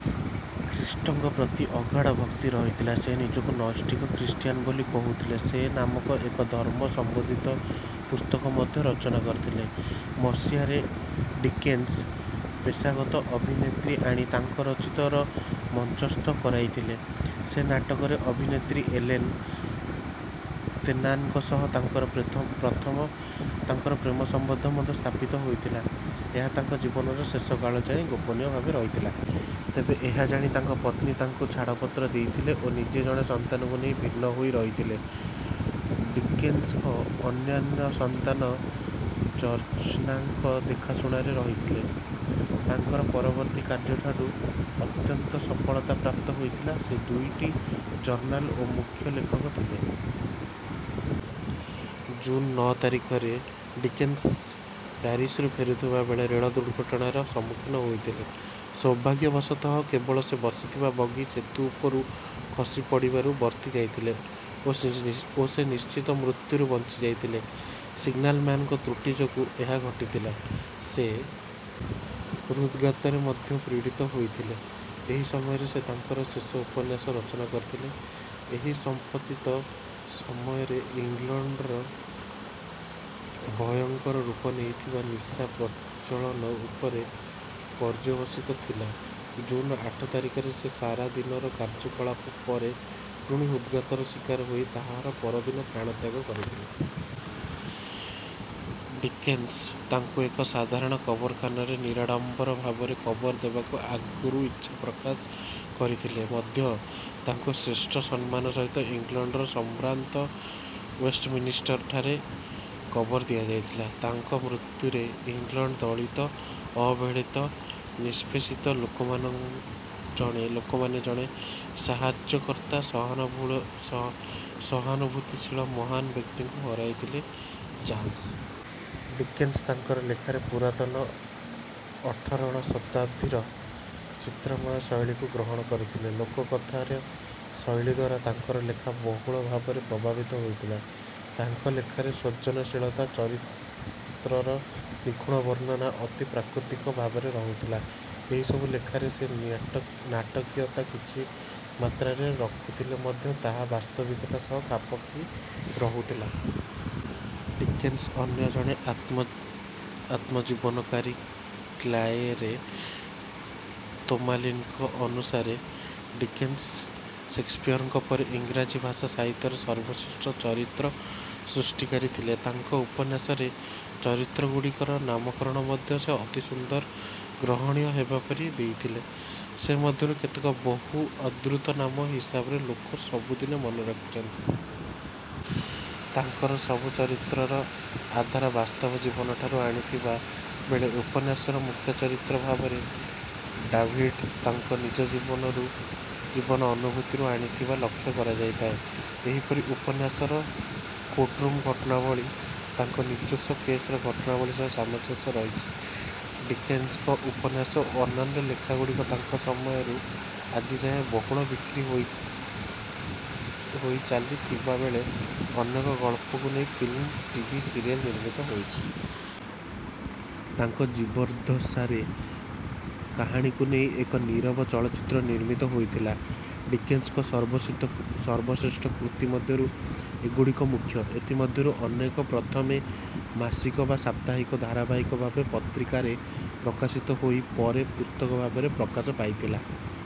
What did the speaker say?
ଖ୍ରୀଷ୍ଟଙ୍କ ପ୍ରତି ଅଗାଢ଼ ଭକ୍ତି ରହିଥିଲା। ସେ ନିଜକୁ ନୈଷ୍ଠିକ ଖ୍ରୀଷ୍ଟିୟାନ୍ ବୋଲି କହୁଥିଲେ। ସେ ନାମକ ଏକ ଧର୍ମ ସମ୍ବନ୍ଧିତ ପୁସ୍ତକ ମଧ୍ୟ ରଚନା କରିଥିଲେ। ମସିହାରେ ଡିକେନ୍ସ ପେଶାଗତ ଅଭିନେତ୍ରୀ ଆଣି ତାଙ୍କ ରଚିତ ର ମଞ୍ଚସ୍ଥ କରାଇଥିଲେ। ସେହି ନାଟକର ଅଭିନେତ୍ରୀ ଏଲେନ୍ ତେର୍ନାନଙ୍କ ସହ ତାଙ୍କର ପ୍ରେମ ସମ୍ବନ୍ଧ ମଧ୍ୟ ସ୍ଥାପିତ ହୋଇଥିଲା ଓ ଏହା ତାଙ୍କ ଜୀବନର ଶେଷ କାଳ ଯାଏ ଗୋପନୀୟ ଭାବରେ ରହିଥିଲା। ତେବେ ଏହା ଜାଣି ତାଙ୍କର ପତ୍ନୀ ତାଙ୍କୁ ଛାଡ଼ପତ୍ର ଦେଇଥିଲେ ଓ ନିଜେ ଜଣେ ସନ୍ତାନକୁ ନେଇ ଭିନ୍ନ ହୋଇ ରହିଥିଲେ। ଡିକେନ୍ସଙ୍କ ଅନ୍ୟାନ୍ୟ ସନ୍ତାନମାନେ ଜର୍ଜିନାଙ୍କ ଦେଖାଶୁଣାରେ ରହିଲେ। ତାଙ୍କର ପରବର୍ତ୍ତୀ କାର୍ଯ୍ୟ ସବୁ ଅତ୍ୟନ୍ତ ସଫଳତା ପ୍ରାପ୍ତ ହୋଇଥିଲା ଓ ସେ ଦୁଇଟି ଜର୍ନାଲ ଓ ର ମୁଖ୍ୟ ଲେଖକ ଥିଲେ। ଜୁନ୍ ନଅ ତାରିଖରେ ଡିକେନ୍ସ ପ୍ୟାରିସ୍‌ରୁ ଫେରୁଥିବା ବେଳେ ରେଳ ଦୁର୍ଘଟଣାର ସମ୍ମୁଖୀନ ହୋଇଥିଲେ। ସୌଭାଗ୍ୟବଶତଃ, କେବଳ ସେ ବସିଥିବା ବଗି ସେତୁ ଉପରୁ ଖସି ପଡ଼ିବାରୁ ବର୍ତ୍ତି ଯାଇଥିଲା ଓ ସେ ନିଶ୍ଚିତ ମୃତ୍ୟୁରୁ ବଞ୍ଚିଯାଇଥିଲେ। ସିଗ୍ନାଲ୍ ମ୍ୟାନ୍‌ଙ୍କ ତ୍ରୁଟି ଯୋଗୁଁ ଏହା ଘଟିଥିଲା। ସେ ହୃଦ୍‌ଘାତରେ ମଧ୍ୟ ପୀଡ଼ିତ ହୋଇଥିଲେ। ଏହି ସମୟରେ ସେ ତାଙ୍କର ଶେଷ ଉପନ୍ୟାସ ରଚନା କରିଥିଲେ। ଏହା ସାମ୍ପ୍ରତିକ ସମୟରେ ଇଂଲଣ୍ଡରେ ଭୟଙ୍କର ରୂପ ନେଇଥିବା ନିଶା ପ୍ରଚଳନ ଉପରେ ପର୍ଯ୍ୟବସିତ ଥିଲା। ଜୁନ୍ ଆଠ ତାରିଖରେ ସେ ସାରା ଦିନର କାର୍ଯ୍ୟକଳାପ ପରେ ପୁଣି ହୃଦ୍‌ଘାତର ଶିକାର ହୋଇ ତାହାର ପରଦିନ ପ୍ରାଣତ୍ୟାଗ କରିଥିଲେ। ଡିକେନ୍ସ ତାଙ୍କୁ ଏକ ସାଧାରଣ କବରଖାନାରେ ନିରାଡ଼ମ୍ବର ଭାବରେ କବର ଦେବାକୁ ଆଗରୁ ଇଚ୍ଛା ପ୍ରକାଶ କରିଥିଲେ ମଧ୍ୟ ତାଙ୍କୁ ଶ୍ରେଷ୍ଠ ସମ୍ମାନର ସହିତ ଇଂଲଣ୍ଡର ସମ୍ଭ୍ରାନ୍ତ ୱେଷ୍ଟମିନ୍‌ଷ୍ଟରଠାରେ ଠାରେ କବର ଦିଆଯାଇଥିଲା। ତାଙ୍କ ମୃତ୍ୟୁରେ ଇଂଲଣ୍ଡର ଦଳିତ, ଅବହେଳିତ, ନିଷ୍ପେଷିତ ଲୋକମାନେ ଜଣେ ସାହାଯ୍ୟକର୍ତ୍ତା, ସହାନୁଭୂତିଶୀଳ ମହାନ ବ୍ୟକ୍ତିଙ୍କୁ ହରାଇଥିଲେ। ଚାର୍ଲସ୍ ଡିକେନ୍ସ ତାଙ୍କର ଲେଖାରେ ପୁରାତନ ଅଠରଶ ଶତାବ୍ଦୀର ଚିତ୍ରମୟ ଶୈଳୀକୁ ଗ୍ରହଣ କରିଥିଲେ। ଲୋକକଥାର ଶୈଳୀ ଦ୍ୱାରା ତାଙ୍କର ଲେଖା ବହୁଳ ଭାବରେ ପ୍ରଭାବିତ ରହିଥିଲା। ତାଙ୍କ ଲେଖାରେ ସୃଜନଶୀଳତା, ଚରିତ୍ରର ନିଖୁଣ ବର୍ଣ୍ଣନା ଅତି ପ୍ରାକୃତିକ ଭାବରେ ରହୁଥିଲା। ଏହିସବୁ ଲେଖାରେ ସେ ନାଟକୀୟତା କିଛି ମାତ୍ରାରେ ରଖୁଥିଲେ ମଧ୍ୟ ତାହା ବାସ୍ତବିକତା ସହ ଖାପ ଖାଇ ରହୁଥିଲା। ଡିକେନ୍ସଙ୍କ ଅନ୍ୟ ଜଣେ ଆତ୍ମଜୀବନୀକାର କ୍ଲାୟରେ ତୋମାଲିନ୍ ଙ୍କ ଅନୁସାରେ ଡିକେନ୍ସ ଷେକ୍ସପିୟରଙ୍କ ପରେ ଇଂରାଜୀ ଭାଷା ସାହିତ୍ୟର ସର୍ବଶ୍ରେଷ୍ଠ ଚରିତ୍ର ସୃଷ୍ଟିକାରୀ ଥିଲେ। ତାଙ୍କ ଉପନ୍ୟାସରେ ଚରିତ୍ରଗୁଡ଼ିକର ନାମକରଣ ମଧ୍ୟ ସେ ଅତି ସୁନ୍ଦର, ଗ୍ରହଣୀୟ ହେବା ପରି ଦେଇଥିଲେ। ସେମଧ୍ୟରୁ କେତେକ ବହୁ ଆଦୃତ ନାମ ହିସାବରେ ଲୋକେ ସବୁଦିନେ ମନେ ରଖିଥାନ୍ତି। ତାଙ୍କର ସବୁ ଚରିତ୍ରର ଆଧାର ବାସ୍ତବ ଜୀବନରୁ ଆଣିଥିବା ବେଳେ ଉପନ୍ୟାସର ମୁଖ୍ୟ ଚରିତ୍ର ଭାବରେ ଡାଭିଡ୍ ତାଙ୍କ ନିଜ ଜୀବନ ଅନୁଭୂତିରୁ ଆଣିଥିବା ଲକ୍ଷ୍ୟ କରାଯାଇଥାଏ। ଏପରିକି ଉପନ୍ୟାସର କୋର୍ଟରୁମ୍ ଘଟଣାବଳୀ ତାଙ୍କ ନିଜସ୍ୱ କେସ୍‌ର ଘଟଣାବଳୀ ସହ ସାମଞ୍ଜସ୍ୟ ରଖିଛି। ଡିକେନ୍ସଙ୍କ ଉପନ୍ୟାସ ଓ ଅନ୍ୟାନ୍ୟ ଲେଖାଗୁଡ଼ିକ ତାଙ୍କ ସମୟରୁ ଆଜିଯାଏ ବହୁଳ ବିକ୍ରି ହୋଇଚାଲିଥିବା ବେଳେ ଅନେକ ଗଳ୍ପକୁ ନେଇ ଫିଲ୍ମ, ଟିଭି ସିରିଏଲ୍ ନିର୍ମିତ ହୋଇଛି। ତାଙ୍କ ଜୀବଦ୍ଦଶାରେ ର କାହାଣୀକୁ ନେଇ ଏକ ନୀରବ ଚଳଚ୍ଚିତ୍ର ନିର୍ମିତ ହୋଇଥିଲା। ଡିକେନ୍ସଙ୍କ ସର୍ବଶ୍ରେଷ୍ଠ କୃତି ମଧ୍ୟରୁ ଏହିଗୁଡ଼ିକ ମୁଖ୍ୟ। ଏଥିମଧ୍ୟରୁ ଅନେକ ପ୍ରଥମେ ମାସିକ ବା ସାପ୍ତାହିକ ଧାରାବାହିକ ଭାବରେ ପତ୍ରିକାରେ ପ୍ରକାଶିତ ହୋଇ ପରେ ପୁସ୍ତକ ଭାବରେ ପ୍ରକାଶ ପାଇଥିଲା।